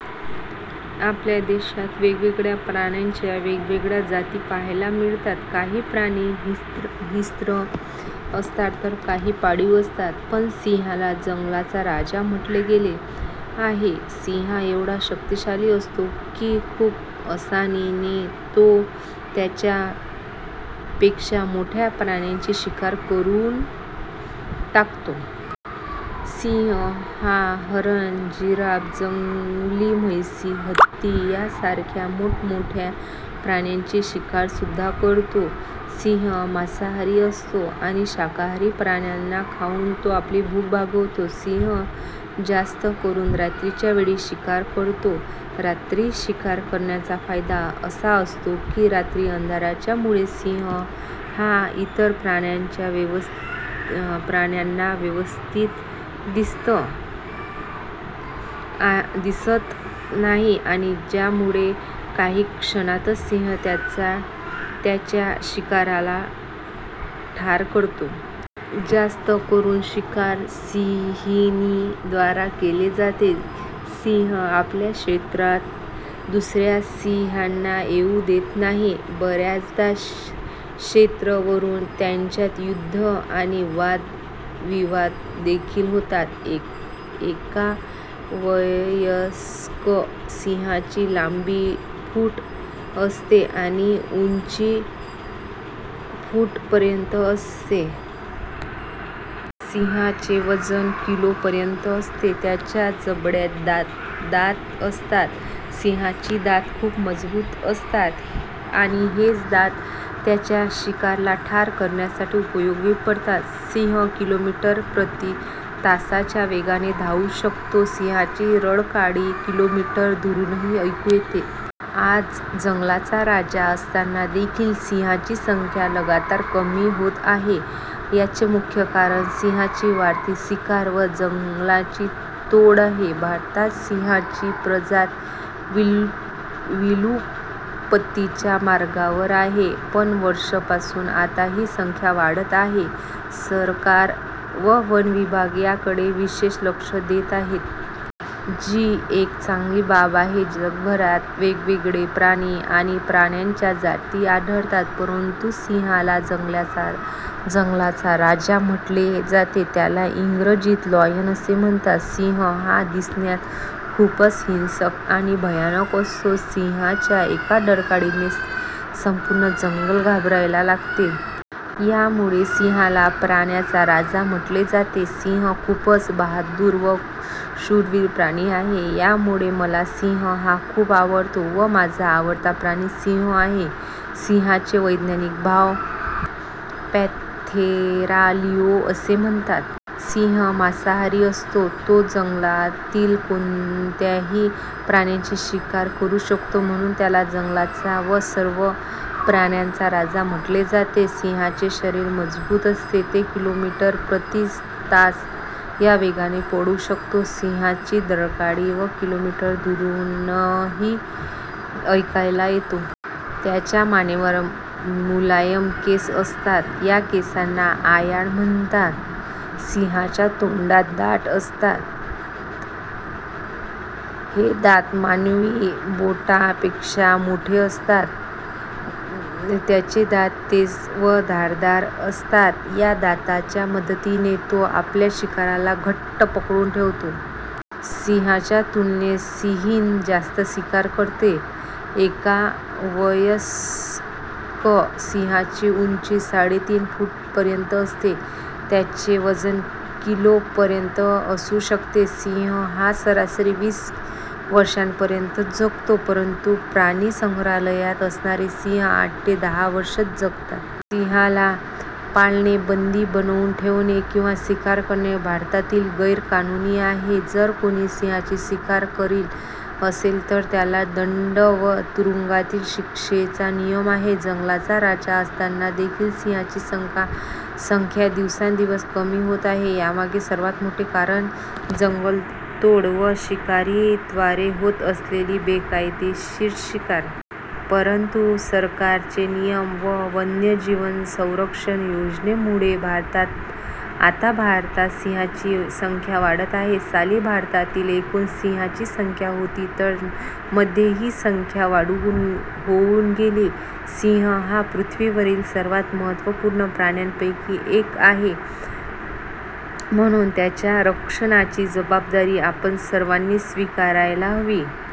आपल्या देशात वेगवेगळ्या प्राण्यांच्या वेगवेगळ्या जाती पाहायला मिळतात. काही प्राणी हिंस्त्र असतात तर काही पाळीव असतात. पण सिंहाला जंगलाचा राजा म्हटले गेले आहे. सिंह एवढा शक्तिशाली असतो की खूप असानी ने तो त्याच्या पेक्षा मोठ्या प्राण्यांची शिकार करून टाकतो. सिंह हा हरण, जिराफ, जंगली म्हशी, हत्ती या सारख्या मोठमोठ्या प्राण्यांची शिकार सुद्धा करतो. सिंह मासाहरी असतो आणि शाकाहारी प्राण्यांना खाऊन तो आपली भुख भागवतो. सिंह जास्त करून रात्रीच्या वेळी शिकार करतो, रात्री शिकार करण्याचा फायदा असा असतो की रात्री अंधाऱ्या मुळे सिंह हा इतर प्राण्यांना व्यवस्थित दिसत नाही आणि ज्यामुळे काही क्षणातच सिंह त्याचा शिकाराला ठार करतो. जास्त करून शिकार सिहिणी द्वारा केले जातात. सिंह आपल्या क्षेत्रात दुसऱ्या सिंहांना येऊ देत नाही, बऱ्याचदा क्षेत्र वरून त्यांच्यात युद्ध आणि वाद विवाद देखील होतात. एका वयस्क सिंहाची लांबी फूट असते आणि उंची फूट पर्यंत असते. सिहाचे वजन किलो पर्यंत असते. त्याच्या जबड्यात दात असतात. सिंहाची दात खूप मजबूत असतात आणि हेच दात त्याच्या शिकारला ठार करण्यासाठी उपयोगी पडतात. सिंह - किलोमीटर प्रती तास च्या वेगाने धावू शकतो. सिंहाची डरकाळी किलोमीटर दुरूनही ऐकू येते. आज जंगलाचा राजा असताना देखील सिंहाची संख्या लगातार कमी होत आहे. याचे मुख्य कारण सिंहाची वाढती शिकार व जंगलांची तोड आहे. भारतात सिंहाची प्रजात विलुप्तीच्या मार्गावर आहे. पण वर्ष पासून आता ही संख्या वाढत आहे सरकार व वनविभाग या कडे विशेष लक्ष देत आहे. जी एक चांगली बाब आहे. जगभरात वेगवेगळे प्राणी आणि प्राण्यांच्या जाती आढळतात. परंतु सिंहाला जंगलाचा राजा म्हटले जाते. त्याला इंग्रजीत लायन असे म्हणतात. सिंह हा दिसण्यात खूपच हिंसक आणि भयानक असतो सिंह च्या एका डरकाळी ने संपूर्ण जंगल घाबरायला लागते. यामुळेच सिंहाला प्राण्यांचा राजा म्हटले जाते. सिंह खूपच बहादुर व शूरवीर प्राणी आहे या मुळेच मला सिंह हा खूप आवडतो व माझा आवडता प्राणी सिंह आहे. सिंहाचे वैज्ञानिक नाव पँन्थेरा लिओ असे आहे. सिंह मांसाहारी असतो, तो जंगलातील कोणत्याही प्राण्याची शिकार करू शकतो. म्हणून त्याला जंगलाचा व सर्व प्राण्याचा राजा म्हटले जाते. सिंहाचे शरीर मजबूत असते. तो किलोमीटर प्रतितास या वेगाने पळू शकतो. सिंहाची डरकाळी ते किलोमीटर दूरनही एकायला येते. त्याच्या मानेवर मुलायम केस असतात या केसांना आयाळ म्हणतात. सिंहाच्या तोंडात दात असतात हे दात मानवी बोटा पेक्षा मोठे असतात. त्याचे दात तेज व धारदार असतात, या दातांच्या मदतीने तो आपल्या शिकाराला घट्ट पकडून ठेवतो. सिंहाच्या तुलनेत सिंहीण जास्त शिकार करते. एका वयस्क सिंहाची उंची साडेतीन फूट पर्यंत असते. त्याचे वजन किलो पर्यंत असू शकते. सिंह हा सरासरी वीस वर्षांपर्यंत जगतो. परंतु प्राणिसंग्रहालयात असणारे सिंह आठ ते दहा वर्षे जगतात. सिंहाला पाळणे, बंदी बनवून ठेवणे किंवा शिकार करणे भारतात गैरकानूनी आहे. जर कोणी सिंहाची शिकार करीत असेल तर त्याला दंड व तुरुंगातील शिक्षेचा नियम आहे. जंगलाचा राजा असताना देखील सिंहाची संख्या दिवसेंदिवस कमी होत आहे यामागे सर्वात मोठे कारण म्हणजे जंगलतोड व शिकारी द्वारे होत असलेली बेकायदेशीर शिकार. परंतु सरकार चे नियम व वन्य जीव संरक्षण योजनेमुळे आता भारतात सिंहाची संख्या वाढत आहे. साली भारतातील एकूण सिंहांची संख्या होती तर मध्ये ही संख्या वाढून होऊन गेली. सिंह हा पृथ्वीवरील सर्वात महत्वपूर्ण प्राण्यांपैकी एक आहे म्हणून त्याच्या रक्षणाची जबाबदारी आपण सर्वांनी स्वीकारायला हवी.